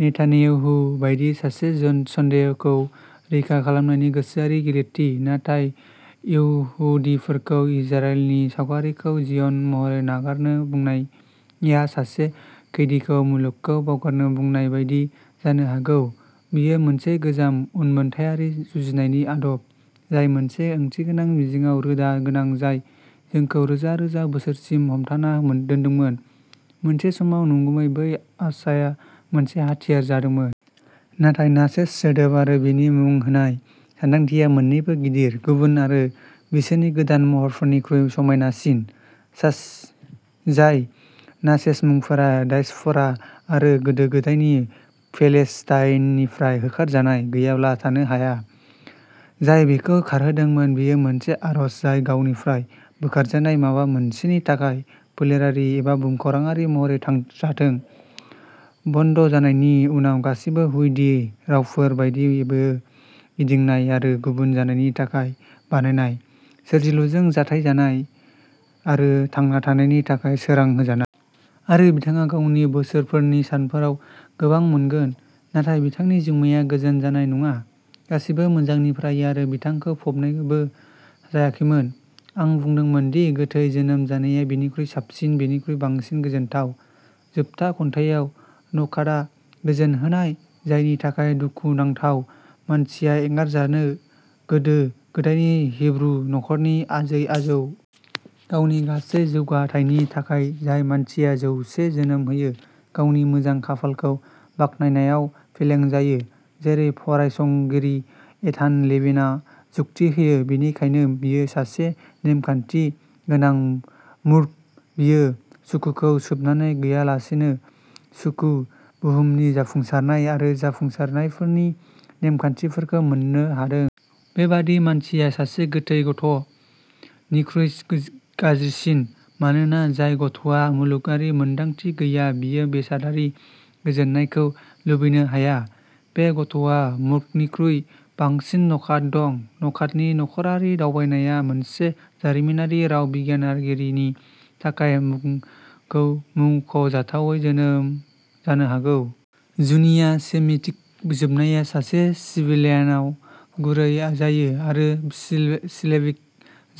Netanyahu बायदि सासे स'न्डेखौ रैखा खालामनायनि गोसोआरि गिलिरथि। नाथाय इहुदिफोरखौ इजराइलनि सावगारिखौ जिय'न महरै नागारनो बुंनाया सासे खैदीखौ मुलुगखौ बावगारनो बुंनाय बायदि जानो हागौ। बेयो मोनसे गोजाम, उनमोनथायारि जुजिनायनि आदब, जाय मोनसे ओंथिगोनां मिजिंआव रोदा गोनां, जाय जोंखौ रोजा-रोजा बोसोरसिम हमथाना दोनदोंमोन; मोनसे समाव नंगुबै, बै आसाया मोनसे हाथियार जादोंमोन। नाथाय नाचेस सोदोब आरो बेनि मुं होनाय सानदांथिया मोन्नैबो गिदिर, गुबुन आरो बिसोरनि गोदान महरफोरनिख्रुइ समायनासिन। जाय नाचेस मुंफोरा डायस्प'रा आरो गोदो-गोदायनि पेलेस्टाइननिफ्राय होखारजानाय गैयाब्ला थानो हाया, जाय बेखौ खारहोदोंमोन। बेयो मोनसे आरज जाय गावनिफ्राय बोखारजानाय माबा मोनसेनि थाखाय, फोलेरारि एबा भुमखौराङारि महरै जाथों; बनद'जानायनि उनाव गासैबो इहुदि रावफोर बायदि, बेयो गिदिंनाय आरो गुबुन जानायनि थाखाय बानायनाय, सोरजिलुजों जथायजानाय आरो थांना थानायनि थाखाय सोरां होजानाय। आरो बिथाङा गावनि बोसोरफोरनि सानफोराव गोबां मोनगोन, नाथाय बिथांनि जिउमाया गोजोन जानाय नङा। गासैबो मोजांनिफ्राय, आरो बिथांखौ फबनायबो जायाखैमोन। आं बुंदोंमोन दि गोथै जोनोम जानाया बिनिख्रुइ साबसिन. बेनिख्रुइ बांसिन गोजोनथाव। जोबथा खन्थाइआव, नखातआ "गोजोनहोनाय" जायनि थाखाय दुखुनांथाव मानसिया एंगारजायो, गोदो गोदायनि हिब्रु नख'रनि आजै-आजौ। गावनि गासै जौगाथायनि थाखाय, जाय मानसिया "जौसे जोनोम होयो" गावनि मोजां खाफालखौ बाख्नायनायाव फेलें जायो। जेरै फरायसंगिरि एतान लेभिनआ जुक्ति होयो, बेनिखायनो बियो सासे "नेमखान्थि गोनां मूर्ख": बियो सुखुखौ सोबनानै गैयालासेनो सुखु, बुहुमनि जाफुंसारनाय आरो जाफुंसारनायफोरनि नेमखान्थिफोरखौ मोननो हादों। बेबादि मानसिया "सासे गोथै गथ'" निख्रुइ गाज्रिसिन, मानोना जाय गथ'आ मुलुगारि मोन्दांथि गैया बियो बेसादारि गोजोननायखौ लुबैनो हाया; बे गथ'आ मूर्खनिख्रुइ बांसिन नखात दं। नखातनि नख'रावारि दावबायनाया मोनसे जारिमिनारि राव बिगियानगिरिनि थाखाय मुंख'जाथावै जानो हागौ। जुनिया सेमिटिक जोबनाया सासे सिबिलेन्टआव गुरै जायो आरो सिलेबिक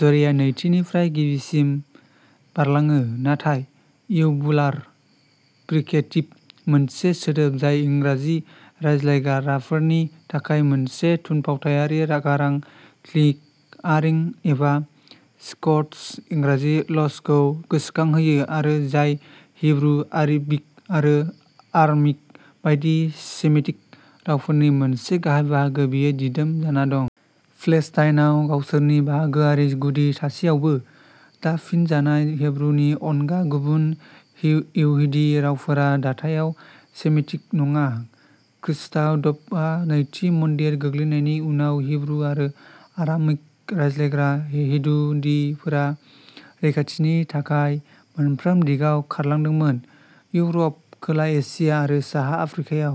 जराया नैथिनिफ्राय गिबिसिम बारलाङो। नाथाय। इउभुलार फ्रिकेटिभ, मोनसे सोदोब जाय इंराजि रायज्लायग्राफोरनि थाखाय मोनसे थुनफावथायारि गारां-क्लियारिं एबा स्कट्स-इंराजि ल'चखौ गोसोखांहोयो आरो जाय हिब्रु, आरबिक आरो आरामिक बायदि सेमिटिक रावफोरनि मोनसे गाहाय बाहागो, बेयो दिदोम जाना दं। पेलेस्टाइनआव गावसोरनि बाहागोआरि गुदि थासेयावबो, दाफिनजानाय हिब्रुनि अनगा गुबुन इहुदि रावफोरा दाथायाव सेमिटिक नङा। खृष्टाब्दआव नैथि मन्दिर गोग्लैनायनि उनाव, हिब्रु-आरो आरामिक रायज्लायग्रा इहुदिफोरा रैखाथिनि थाखाय मोनफ्रोम दिगाव खारलांदोंमोन, इउर'प, खोला एसिया आरो साहा आफ्रिकायाव।